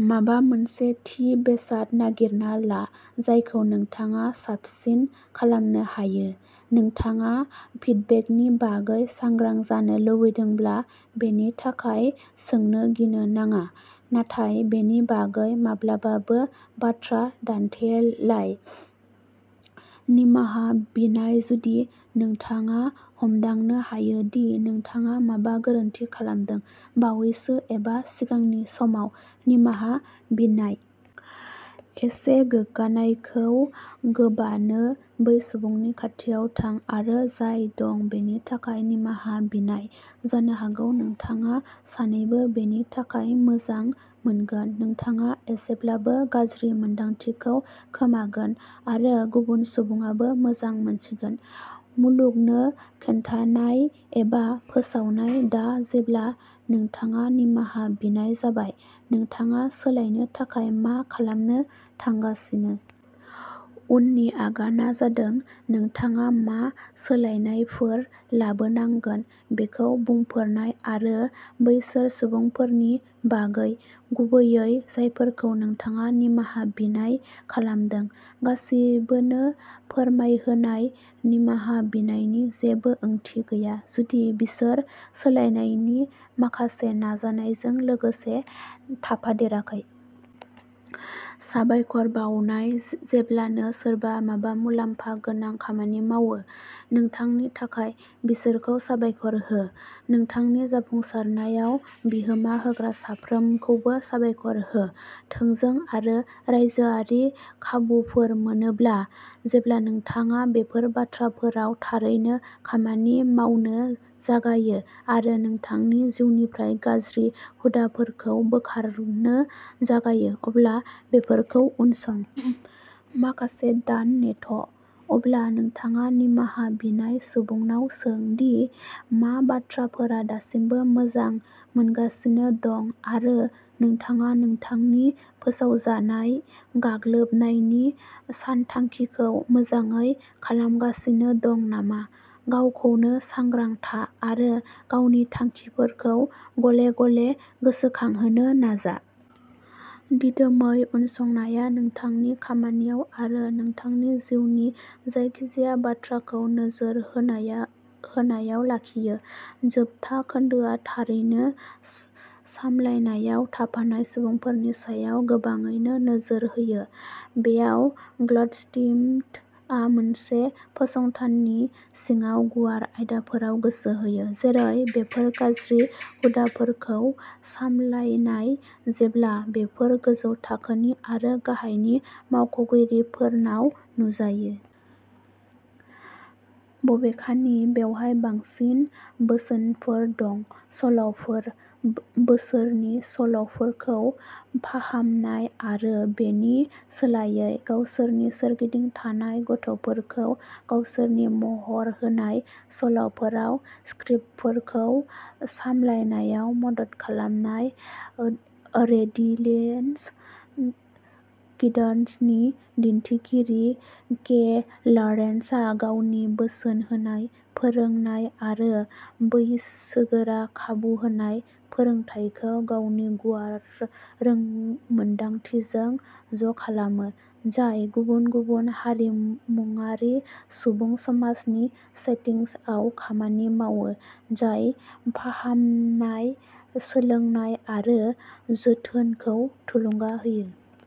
माबा मोनसे थि बेसाद नागिरना ला जायखौ नोंथाङा साबसिन खालामनो हायो। नोंथाङा फिडबेकनि बागै सांग्रां जानो लुबैदोंब्ला, बेनि थाखाय सोंनो गिनो नाङा, नाथाय बेनि बागै माब्लाबाबो बाथ्रा दान्थेलाय। निमाहा बिनाय जुदि नोंथाङा हमदांनो हायो दि नोंथाङा माबा गोरोन्थि खालामदों, बावैसो एबा सिगांनि समाव, निमाहा बिनाय। एसे गोग्गानायखौ गोबानो, बै सुबुंनि खाथियाव थां, आरो जाय दं बेनि थाखाय निमाहा बिनाय। जानो हागौ, नोंथाङा सानैबो बेनि थाखाय मोजां मोनगोन-नोंथाङा एसेब्लाबो गाज्रि मोन्दांथिखौ खोमागोन आरो गुबुन सुबुङाबो मोजां मोनसिगोन। मुलुगनो खिन्थानाय, एबा फोसावनाय दा जेब्ला नोंथाङा निमाहा बिनाय जाबाय, नोंथाङा सोलायनो थाखाय मा खालामनो थांगासिनो? उननि आगानआ जादों नोंथाङा मा सोलायनायफोर लाबोनांगोन बेखौ बुंफोरनाय आरो बैसोर सुबुंफोरनि बागै, गुबैयै जायफोरखौ नोंथाङा निमाहा बिनाय खालामदों, गासिबोनो फोरमायहोनाय। निमाहा बिनायनि जेबो ओंथि गैया जुदि बिसोर सोलायनायनि माखासे नाजानायजों लोगोसे थाफादेराखै। साबायखर बावनाय जेब्लानो सोरबा माबा मुलाम्फा गोनां खामानि मावो। नोंथांनि थाखाय, बिसोरखौ साबायखर हो। नोंथांनि जाफुंसारनायाव बिहोमा होग्रा साफ्रोमखौबो साबायखर हो, थोंजों आरो रायजोआरि खाबुफोर मोनब्ला। जेब्ला नोंथाङा बेफोर बाथ्राफोराव थारैनो खामानि मावनो जागायो आरो नोंथांनि जिउनिफ्राय गाज्रि हुदाफोरखौ बोखारनो जागायो, अब्ला बेफोरखौ उनसं। माखासे दान नेथ ', अब्ला नोंथाङा निमाहा बिनाय सुबुंनाव सों दि मा बाथ्राफोरा दासिमबो मोजां मोनगासिनो दं आरो नोंथाङा नोंथांनि "फोसावजानाय" गाग्लोबनायनि सानथांखिखौ मोजाङै खालामगासिनो दं नामा। गावखौनो सांग्रां था, आरो गावनि थांखिफोरखौ गले-गले गोसोखांहोनो नाजा। दिदोमै उनसंनाया नोंथांखौ खामानियाव आरो नोंथांनि जिउनि जायखिजाया बाथ्राखौ नोजोर होनायाव लाखियो। जोबथा खोन्दोआ थारैनो सामलायनायाव थाफानाय सुबुंफोरनि सायाव गोबाङैनो नोजोर होयो। बेयाव, गल्डस्मिथआ मोनसे फसंथाननि सिङाव गुवार आयदाफोराव गोसो होयो, जेरै बेफोर गाज्रि हुदाफोरखौ सामलायनाय जेब्ला बेफोर गोजौ थाखोनि आरो गाहायनि मावख'गिरिफोरनाव नुजायो। बबेखानि, बेवहाय बांसिन बोसोनफोर दं। सल'फोर, बिसोरनि सल'फोरखौ फाहामनाय आरो बेनि सोलायै, गावसोरनि सोरगिदिं थानाय गथ'फोरखौ गावसोरनि महर होनाय सल'फोराव स्क्रिप्टफोरखौ सामलायनायाव मदद खालामनाय। रेजिलिएन्ट किड्स नि दिथागिरि के लरेन्जआ गावनि बोसोन होनाय, फोरोंनाय आरो बैसोगोरा खाबु होनाय फोरोंथायखौ गावनि गुवार रोंमोनदांथिजों ज'खालामो, जाय गुबुन-गुबुन हारिमुआरि सुबुं समाजनि सेटिंसआव खामानि मावो, जाय फाहामनाय, सोलोंनाय आरो जोथोनखौ थुलुंगा होयो।